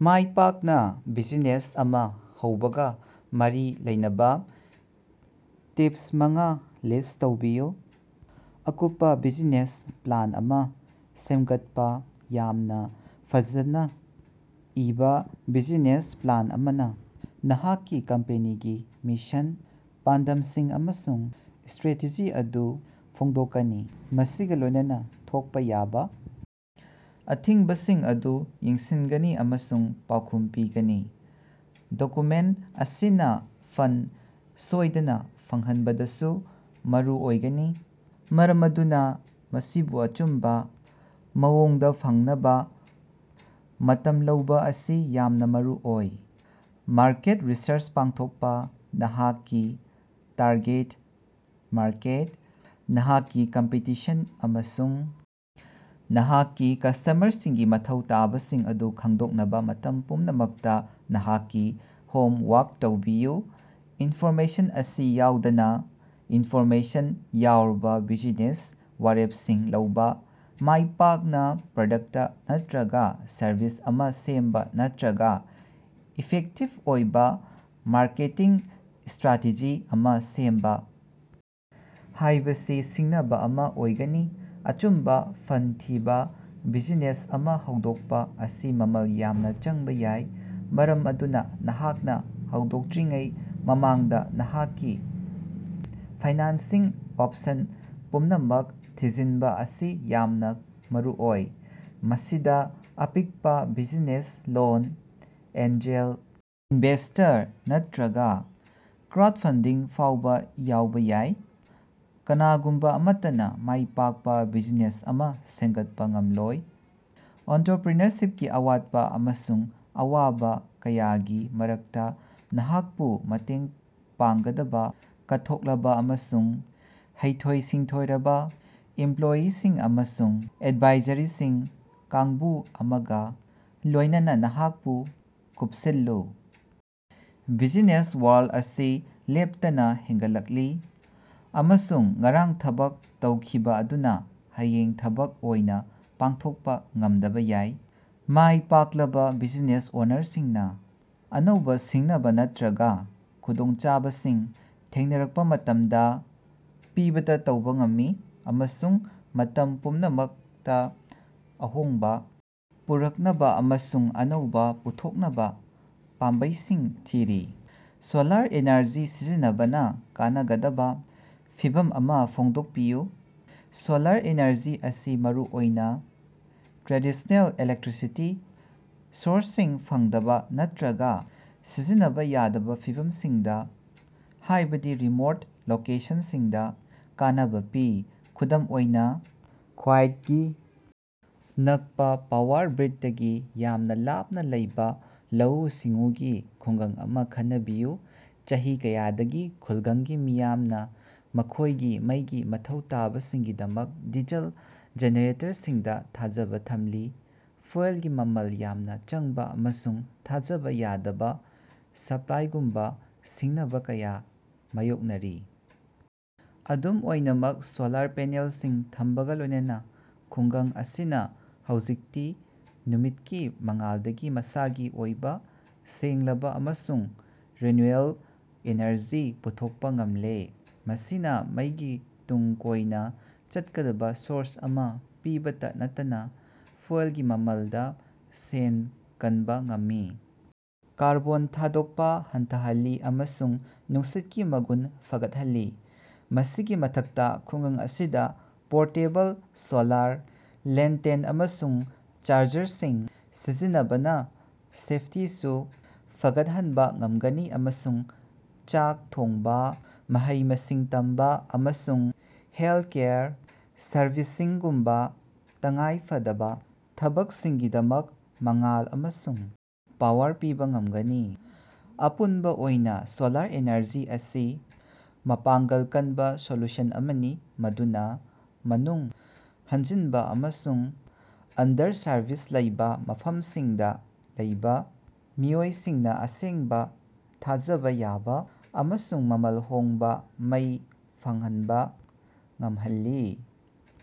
ꯃꯥꯏꯄꯥꯛꯅ business ꯑꯃ ꯍꯧꯕꯒ ꯃꯔꯤ ꯂꯩꯅꯕ ꯇꯤꯞꯁ ꯃꯉ ꯂꯤꯁ꯭ꯠ ꯇꯧꯕꯤꯌꯨ꯫ ꯑꯀꯨꯞꯄ ꯕꯤꯖꯤꯅꯦꯁ ꯄ꯭ꯂꯥꯟ ꯑꯃ ꯁꯦꯝꯒꯠꯄ ꯌꯥꯝꯅ ꯐꯖꯅ ꯏꯕ ꯕꯤꯖꯤꯅꯦꯁ ꯄ꯭ꯂꯥꯟ ꯑꯃꯅ ꯅꯍꯥꯛꯀꯤ ꯀꯝꯄꯦꯅꯤꯒꯤ ꯃꯤꯁꯟ, ꯄꯥꯟꯗꯝꯁꯤꯡ ꯑꯃꯁꯨꯡ ꯁ꯭ꯇꯔꯦꯇꯦꯖꯤ ꯑꯗꯨ ꯐꯣꯡꯗꯣꯛꯀꯅꯤ, ꯃꯁꯤꯒ ꯂꯣꯏꯅꯅ ꯊꯣꯛꯄ ꯌꯥꯕ ꯑꯊꯤꯡꯕꯁꯤꯡ ꯑꯗꯨ ꯌꯦꯡꯁꯤꯟꯒꯅꯤ ꯑꯃꯁꯨꯡ ꯄꯥꯎꯈꯨꯝ ꯄꯤꯒꯅꯤ꯫ ꯗꯣꯀꯨꯃꯦꯟꯇ ꯑꯁꯤꯅ ꯐꯟꯗ ꯁꯣꯏꯗꯅ ꯐꯪꯍꯟꯕꯗꯁꯨ ꯃꯔꯨ ꯑꯣꯏꯒꯅꯤ, ꯃꯔꯝ ꯑꯗꯨꯅ ꯃꯁꯤꯕꯨ ꯑꯆꯨꯝꯕ ꯃꯑꯣꯡꯗ ꯐꯪꯅꯕ ꯃꯇꯝ ꯂꯧꯕ ꯑꯁꯤ ꯌꯥꯝꯅ ꯃꯔꯨꯑꯣꯏ꯫ ꯃꯥꯔꯀꯦꯠ ꯔꯤꯁꯔꯆ ꯄꯥꯡꯊꯣꯀꯄꯥ: ꯅꯍꯥꯛꯀꯤ ꯇꯥꯔꯒꯦꯠ ꯃꯥꯔꯀꯦꯠ, ꯅꯍꯥꯛꯀꯤ ꯀꯝꯄꯤꯇꯤꯁꯟ, ꯑꯃꯁꯨꯡ ꯅꯍꯥꯛꯀꯤ ꯀꯁꯇꯃꯔꯁꯤꯡꯒꯤ ꯃꯊꯧ ꯇꯥꯕꯁꯤꯡ ꯑꯗꯨ ꯈꯪꯗꯣꯛꯅꯕ ꯃꯇꯝ ꯄꯨꯝꯅꯃꯛꯇ ꯅꯍꯥꯛꯀꯤ ꯍꯣꯝ ꯋꯥꯔꯛ ꯇꯧꯕꯤꯌꯨ꯫ ꯏꯟꯐꯣꯔꯃꯦꯁꯟ ꯑꯁꯤ ꯌꯥꯎꯗꯅ, ꯏꯟꯐꯣꯔꯃꯦꯁꯟ ꯌꯥꯎꯔꯕ ꯕ꯭ꯌꯨꯖꯤꯅꯦꯁ ꯋꯥꯔꯦꯞꯁꯤꯡ ꯂꯧꯕ, ꯃꯥꯏꯄꯥꯛꯅ ꯄ꯭ꯔꯗꯛꯇ ꯅꯠꯇ꯭ꯔꯒ ꯁꯔꯚꯤꯁ ꯑꯃ ꯁꯦꯝꯕ ꯅꯠꯇ꯭ꯔꯒ ꯏꯐꯦꯛꯇꯤꯚ ꯑꯣꯏꯕ ꯃꯥꯔꯀꯦꯇꯤꯡ ꯁ꯭ꯇꯔꯥꯇꯦꯖꯤ ꯑꯃ ꯁꯦꯝꯕ ꯍꯥꯏꯕꯁꯤ ꯁꯤꯡꯅꯕ ꯑꯃ ꯑꯣꯏꯒꯅꯤ꯫ ꯑꯆꯨꯝꯕ ꯐꯟꯗ ꯊꯤꯕ: ꯕꯤꯖꯤꯅꯦꯁ ꯑꯃ ꯍꯧꯗꯣꯛꯄ ꯑꯁꯤ ꯃꯃꯜ ꯌꯥꯝꯅ ꯆꯪꯕ ꯌꯥꯏ, ꯃꯔꯝ ꯑꯗꯨꯅ ꯅꯍꯥꯛꯅ ꯍꯧꯗꯣꯛꯇ꯭ꯔꯤꯉꯩ ꯃꯃꯥꯡꯗ ꯅꯍꯥꯛꯀꯤ ꯐꯥꯏꯅꯥꯟꯁꯤꯡ ꯑꯣꯞꯁꯟ ꯄꯨꯝꯅꯃꯛ ꯊꯤꯖꯤꯟꯕ ꯑꯁꯤ ꯌꯥꯝꯅ ꯃꯔꯨꯑꯣꯏ꯫ ꯃꯁꯤꯗ ꯑꯄꯤꯛꯄ ꯕꯤꯖꯤꯅꯦꯁ ꯂꯣꯟ, ꯑꯦꯟꯖꯦꯜ ꯏꯟꯚꯦꯁ꯭ꯇꯔ, ꯅꯠꯇ꯭ꯔꯒ ꯀ꯭ꯔꯥꯎꯗꯐꯟꯗꯤꯡ ꯐꯥꯎꯕ ꯌꯥꯎꯕ ꯌꯥꯏ꯫ ꯀꯅꯥꯒꯨꯝꯕ ꯑꯃꯠꯇꯅ ꯃꯥꯏꯄꯥꯛꯄ ꯕꯤꯖꯤꯅꯦꯁ ꯑꯃ ꯁꯦꯝꯒꯠꯄ ꯉꯝꯂꯣꯏ꯫ ꯑꯣꯟꯇ꯭ꯔꯄ꯭ꯔꯤꯅꯔꯁꯤꯞꯀꯤ ꯑꯋꯥꯠꯄ ꯑꯃꯁꯨꯡ ꯑꯋꯥꯕ ꯀꯌꯥꯒꯤ ꯃꯔꯛꯇ ꯅꯍꯥꯛꯄꯨ ꯃꯇꯦꯡ ꯄꯥꯡꯒꯗꯕ ꯀꯠꯊꯣꯛꯂꯕ ꯑꯃꯁꯨꯡ ꯍꯩꯊꯣꯏ-ꯁꯤꯡꯊꯣꯏꯔꯕ ꯏꯝꯄ꯭ꯂꯣꯌꯤꯁꯤꯡ ꯑꯃꯁꯨꯡ ꯑꯦꯗꯚꯥꯏꯖꯔꯁꯤꯡꯒꯤ ꯀꯥꯡꯕꯨ ꯑꯃꯒ ꯂꯣꯏꯅꯅ ꯅꯍꯥꯛꯄꯨ ꯀꯨꯞꯁꯤꯜꯂꯨ꯫ ꯕꯤꯖꯤꯅꯦꯁ ꯋꯥꯔꯜꯗ ꯑꯁꯤ ꯂꯦꯞꯇꯅ ꯍꯦꯟꯒꯠꯂꯛꯂꯤ, ꯑꯃꯁꯨꯡ ꯉꯔꯥꯡ ꯊꯕꯛ ꯇꯧꯈꯤꯕ ꯑꯗꯨꯅ ꯍꯌꯦꯡ ꯊꯕꯛ ꯑꯣꯏꯅ ꯄꯥꯡꯊꯣꯛꯄ ꯉꯝꯗꯕ ꯌꯥꯏ꯫ ꯃꯥꯏ ꯄꯥꯛꯂꯕ ꯕꯤꯖꯤꯅꯦꯁ ꯑꯣꯅꯔꯁꯤꯡꯅ ꯑꯅꯧꯕ ꯁꯤꯡꯅꯕ ꯅꯠꯇ꯭ꯔꯒ ꯈꯨꯗꯣꯡꯆꯥꯕꯁꯤꯡ ꯊꯦꯡꯅꯔꯛꯄ ꯃꯇꯝꯗ ꯄꯤꯚꯠ ꯇꯧꯕ ꯉꯝꯃꯤ, ꯑꯃꯁꯨꯡ ꯃꯇꯝ ꯄꯨꯝꯅꯃꯛꯇꯥ ꯑꯍꯣꯡꯕ ꯄꯨꯔꯛꯅꯕ ꯑꯃꯁꯨꯡ ꯑꯅꯧꯕ ꯄꯨꯊꯣꯛꯅꯕ ꯄꯥꯝꯕꯩꯁꯤꯡ ꯊꯤꯔꯤ꯫ ꯁꯣꯂꯥꯔ ꯑꯦꯅꯔꯖꯤ ꯁꯤꯖꯤꯟꯅꯕꯅ ꯀꯥꯟꯅꯒꯗꯕ ꯐꯤꯚꯝ ꯑꯃ ꯐꯣꯡꯗꯣꯛꯄꯤꯌꯨ꯫ ꯁꯣꯂꯥꯔ ꯑꯦꯅꯔꯖꯤ ꯑꯁꯤ ꯃꯔꯨꯑꯣꯏꯅ ꯇ꯭ꯔꯦꯗꯤꯁꯅꯦꯜ ꯏꯂꯦꯛꯇ꯭ꯔꯤꯁꯤꯇꯤ ꯁꯣꯔꯁꯁꯤꯡ ꯐꯪꯗꯕ ꯅꯠꯇ꯭ꯔꯒ ꯁꯤꯖꯤꯟꯅꯕ ꯌꯥꯗꯕ ꯐꯤꯚꯝꯁꯤꯡꯗ, ꯍꯥꯏꯕꯗꯤ ꯔꯤꯃꯣꯠ ꯂꯣꯀꯦꯁꯟꯁꯤꯡꯗ ꯀꯥꯟꯅꯕ ꯄꯤ꯫ ꯈꯨꯗꯝ ꯑꯣꯏꯅ, ꯈ꯭ꯕꯥꯏꯗꯒꯤ ꯅꯛꯄ ꯄꯥꯋꯔ ꯒ꯭ꯔꯤꯗꯇꯒꯤ ꯌꯥꯝꯅ ꯂꯥꯞꯅ ꯂꯩꯕ ꯂꯧꯎ-ꯁꯤꯡꯎꯒꯤ ꯈꯨꯡꯒꯪ ꯑꯃ ꯈꯟꯅꯕꯤꯌꯨ꯫ ꯆꯍꯤ ꯀꯌꯥꯗꯒꯤ ꯈꯨꯜꯒꯪꯒꯤ ꯃꯤꯌꯥꯝꯅ ꯃꯈꯣꯏꯒꯤ ꯃꯩꯒꯤ ꯃꯊꯧ ꯇꯥꯕꯁꯤꯡꯒꯤꯗꯃꯛ ꯗꯤꯖꯜ ꯖꯦꯅꯦꯔꯦꯇꯔꯁꯤꯡꯗ ꯊꯥꯖꯕ ꯊꯝꯂꯤ, ꯐ꯭ꯌꯨꯑꯦꯜꯒꯤ ꯃꯃꯜ ꯌꯥꯝꯅ ꯆꯪꯕ ꯑꯃꯁꯨꯡ ꯊꯥꯖꯕ ꯌꯥꯗꯕ ꯁꯄ꯭ꯂꯥꯏꯒꯨꯝꯕ ꯁꯤꯡꯅꯕ ꯀꯌꯥ ꯃꯥꯌꯣꯛꯅꯔꯤ꯫ ꯑꯗꯨꯝ ꯑꯣꯏꯅꯃꯛ ꯁꯣꯂꯥꯔ ꯄꯦꯅꯦꯜꯁꯤꯡ ꯊꯝꯕꯒ ꯂꯣꯏꯅꯅ ꯈꯨꯡꯒꯪ ꯑꯁꯤꯅ ꯍꯧꯖꯤꯛꯇꯤ ꯅꯨꯃꯤꯠꯀꯤ ꯃꯉꯥꯜꯗꯒꯤ ꯃꯁꯥꯒꯤ ꯑꯣꯏꯕ ꯁꯦꯡꯂꯕ ꯑꯃꯁꯨꯡ ꯔꯤꯅ꯭ꯌꯨꯑꯦꯕꯜ ꯏꯅꯔꯖꯤ ꯄꯨꯊꯣꯛꯄ ꯉꯝꯂꯦ꯫ ꯃꯁꯤꯅ ꯃꯩꯒꯤ ꯇꯨꯡ ꯀꯣꯏꯅ ꯆꯠꯀꯗꯕ ꯁꯣꯔꯁ ꯑꯃ ꯄꯤꯕꯇꯥ ꯅꯠꯇꯅ ꯐ꯭ꯌꯨꯑꯦꯜꯒꯤ ꯃꯃꯜꯗ ꯁꯦꯟ ꯀꯟꯕ ꯉꯝꯃꯤ, ꯀꯥꯔꯕꯣꯟ ꯊꯥꯗꯣꯛꯄ ꯍꯟꯊꯍꯜꯂꯤ ꯑꯃꯁꯨꯡ ꯅꯨꯡꯁꯤꯠꯀꯤ ꯃꯒꯨꯟ ꯐꯒꯠꯍꯜꯂꯤ꯫ ꯃꯁꯤꯒꯤ ꯃꯊꯛꯇ, ꯈꯨꯡꯒꯪ ꯑꯁꯤꯗ ꯄꯣꯔꯇꯦꯕꯜ ꯁꯣꯂꯥꯔ ꯂꯦꯟꯇꯦꯟ ꯑꯃꯁꯨꯡ ꯆꯥꯔꯖꯔꯁꯤꯡ ꯁꯤꯖꯤꯟꯅꯕꯅ ꯁꯦꯐꯇꯤꯁꯨ ꯐꯒꯠꯍꯟꯕ ꯉꯝꯒꯅꯤ ꯑꯃꯁꯨꯡ ꯆꯥꯛ ꯊꯣꯡꯕ, ꯃꯍꯩ-ꯃꯁꯤꯡ ꯇꯝꯕ, ꯑꯃꯁꯨꯡ ꯍꯦꯜꯊꯀꯦꯌꯔ ꯁꯔꯚꯤꯁꯁꯤꯡꯒꯨꯝꯕꯥ ꯇꯉꯥꯏ ꯐꯗꯕ ꯊꯕꯛꯁꯤꯡꯒꯤꯗꯃꯛ ꯃꯉꯥꯜ ꯑꯃꯁꯨꯡ ꯄꯥꯋꯔ ꯄꯤꯕꯥ ꯉꯝꯒꯅꯤ꯫ ꯑꯄꯨꯟꯕ ꯑꯣꯏꯅ ꯁꯣꯂꯥꯔ ꯏꯅꯔꯖꯤ ꯑꯁꯤ ꯃꯄꯥꯡꯒꯜ ꯀꯟꯕ ꯁꯣꯂꯨꯁꯟ ꯑꯃꯅꯤ ꯃꯗꯨꯅ ꯃꯅꯨꯡ ꯍꯟꯖꯤꯟꯕ ꯑꯃꯁꯨꯡ ꯑꯟꯗꯔ-ꯁꯥꯔꯚꯤꯁ ꯂꯩꯕ ꯃꯐꯝꯁꯤꯡꯗ ꯂꯩꯕ ꯃꯤꯑꯣꯏꯁꯤꯡꯅ ꯑꯁꯦꯡꯕ, ꯊꯥꯖꯕ ꯌꯥꯕ ꯑꯃꯁꯨꯡ ꯃꯃꯜ ꯍꯣꯡꯕ ꯃꯩ ꯐꯪꯍꯟꯕ ꯉꯝꯍꯜꯂꯤ꯫